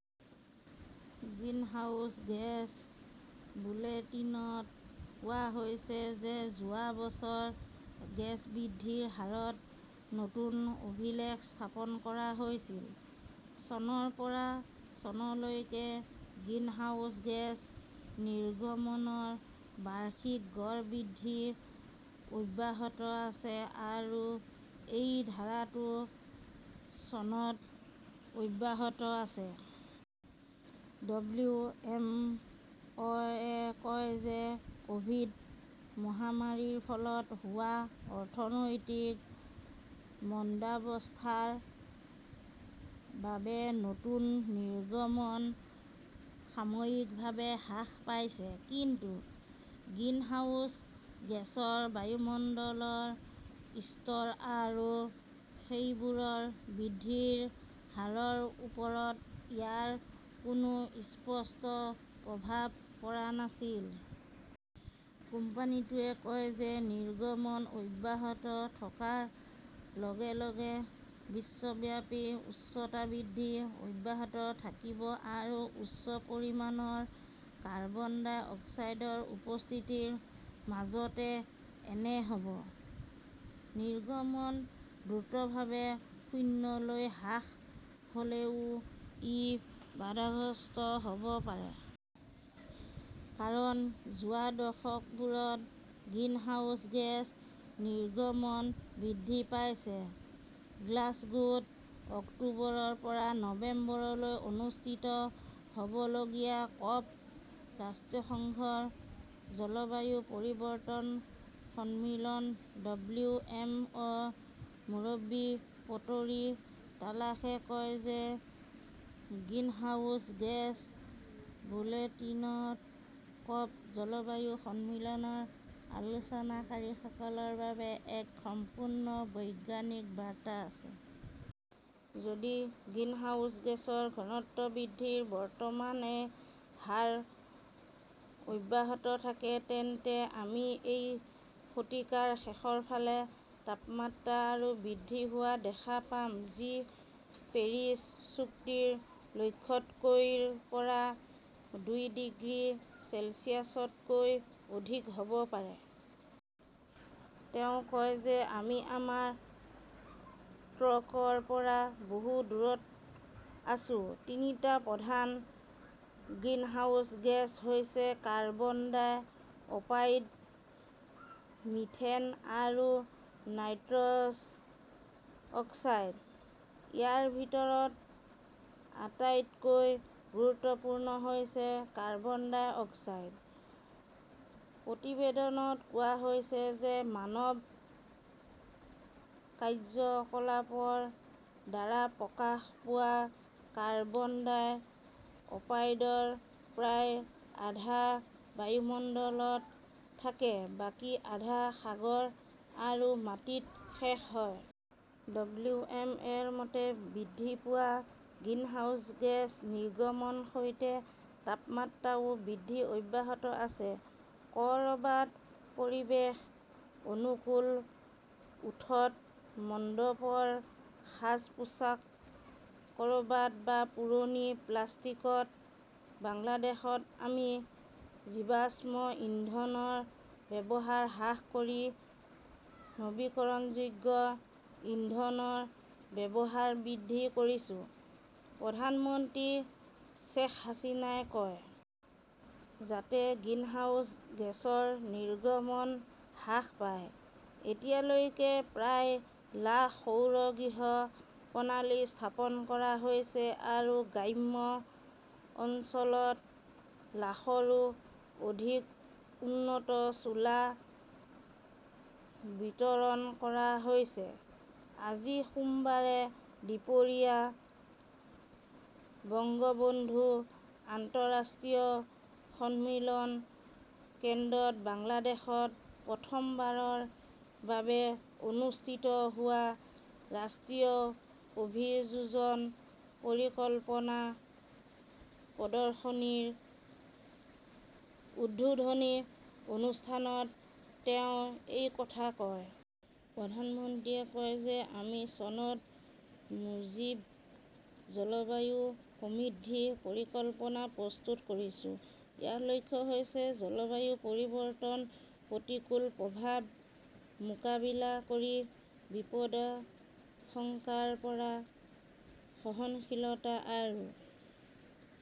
Greenhouse gas বুলেটিনত কোৱা হৈছে যে যোৱা বছৰ গেছ বৃদ্ধিৰ হাৰত নতুন অভিলেখ স্থাপন কৰা হৈছিল। চনৰ পৰা চনলৈকে গ্ৰীণহাউছ গেছ নিৰ্গমনৰ বাৰ্ষিক গড় বৃদ্ধি অব্যাহত আছে আৰু এই ধাৰাটো চনত অব্যাহত আছে। ডব্লিউ. এম. অ '. -য়ে কয় যে ক "ভিড- মহামাৰীৰ ফলত হোৱা অৰ্থনৈতিক মন্দাৱস্থাৰ বাবে নতুন নিৰ্গমন সাময়িকভাৱে হ্ৰাস পাইছে। কিন্তু গ্ৰিনহাউজ গেছৰ বায়ুমণ্ডলৰ স্তৰ আৰু সেইবোৰৰ বৃদ্ধিৰ হাৰৰ ওপৰত ইয়াৰ কোনো স্পষ্ট প্ৰভাৱ পৰা নাছিল। কোম্পানীটোৱে কয় যে নিৰ্গমন অব্যাহত থকাৰ লগে লগে বিশ্বব্যাপী উষ্ণতা বৃদ্ধি অব্যাহত থাকিব আৰু উচ্চ পৰিমাণৰ কাৰ্বন ডাই অক্সাইডৰ উপস্থিতিৰ মাজতে এনে হ "ব। নিৰ্গমন দ্ৰুতভাৱে শূন্যলৈ হ্ৰাস হ "লেও ই বাধাগ্ৰস্ত হ" ব পাৰে। কাৰণ যোৱা দশকবোৰত গ্ৰিনহাউজ গেছ নিৰ্গমন বৃদ্ধি পাইছে। গ্লাছগোত অক্টোবৰৰ পৰা নৱেম্বৰলৈ অনুষ্ঠিত হ "বলগীয়া ক" প ৰাষ্ট্ৰসংঘৰ জলবায়ু পৰিৱৰ্তন সন্মিলন। ডব্লিউ. এম. অ '. -ৰ মুৰব্বী পেটৰী তালাসে কয় যে গ্ৰীণহাউছ গেছ বুলেটিনত ক' প জলবায়ু সন্মিলনৰ আলোচনাকাৰীসকলৰ বাবে এক সম্পূৰ্ণ বৈজ্ঞানিক বাৰ্তা আছে। যদি গ্ৰীণহাউছ গেছৰ ঘনত্ব বৃদ্ধিৰ বৰ্তমানৰ এ হাৰ অব্যাহত থাকে, তেন্তে আমি এই শতিকাৰ শেষৰ ফালে তাপমাত্ৰা আৰু বৃদ্ধি হোৱা দেখা পাম যি পেৰিছ চুক্তিৰ লক্ষ্যতকৈ ৰ পৰা দুই ডিগ্ৰী চেলছিয়াছতকৈ অধিক হ 'ব পাৰে। তেওঁ কয় যে আমি আমাৰ ট্ৰেকৰ পৰা বহু দূৰত আছো। তিনিটা প্ৰধান গ্ৰিনহাউজ গেছ হৈছে-কাৰ্বন ডাই-অপাইড, মিথেন আৰু নাইট্ৰছ অক্সাইড। ইয়াৰ ভিতৰত আটাইতকৈ গুৰুত্বপূৰ্ণ হৈছে কাৰ্বন ডাই অক্সাইড। প্ৰতিবেদনত কোৱা হৈছে যে মানৱ কাৰ্যকলাপৰ দ্বাৰা প্ৰকাশ পোৱা কাৰ্বন ডাই-অপাইডৰ প্ৰায় আধা বায়ুমণ্ডলত থাকে, বাকী আধা সাগৰ আৰু মাটিত শেষ হয়। ডব্লিউ. এম. অ '. -ৰ মতে, বৃদ্ধি পোৱা গ্ৰিনহাউজ গেছ নিৰ্গমনৰ সৈতে তাপমাত্ৰাও বৃদ্ধি অব্যাহত আছে। ক 'ৰবাত পৰিৱেশ-অনুকূল ওঁঠত মণ্ডপৰ সাজ-পোছাক, ক' ৰবাত বা পুৰণি প্লাষ্টিকত। বাংলাদেশত আমি জীৱাশ্ম ইন্ধনৰ ব্যৱহাৰ হ্ৰাস কৰি নৱীকৰণযোগ্য ইন্ধনৰ ব্যৱহাৰ বৃদ্ধি কৰিছো ", প্ৰধানমন্ত্ৰী শ্বেইখ হাছিনাই কয়। যাতে গ্ৰিনহাউজ গেছৰ নিৰ্গমন হ্ৰাস পায়। এতিয়ালৈকে প্ৰায় লাখ সৌৰ গৃহ প্ৰণালী স্থাপন কৰা হৈছে আৰু গ্ৰাম্য অঞ্চলত লাখৰো অধিক উন্নত চুলা বিতৰণ কৰা হৈছে। আজি সোমবাৰে দুপৰীয়া বংগবন্ধু আন্তঃৰাষ্ট্ৰীয় সন্মিলন কেন্দ্ৰত বাংলাদেশত প্ৰথমবাৰৰ বাবে অনুষ্ঠিত হোৱা ৰাষ্ট্ৰীয় অভিযোজন পৰিকল্পনা প্ৰদৰ্শনী- -ৰ উদ্বোধনী অনুষ্ঠানত তেওঁ এই কথা কয়। প্ৰধানমন্ত্ৰীয়ে কয় যে আমি চনত মুজীব জলবায়ু সমৃদ্ধি পৰিকল্পনা প্ৰস্তুত কৰিছো। ইয়াৰ লক্ষ্য হৈছে জলবায়ু পৰিৱৰ্তনৰ প্ৰতিকূল প্ৰভাৱ মোকাবিলা কৰি বিপদাশংকাৰ পৰা সহনশীলতা আৰু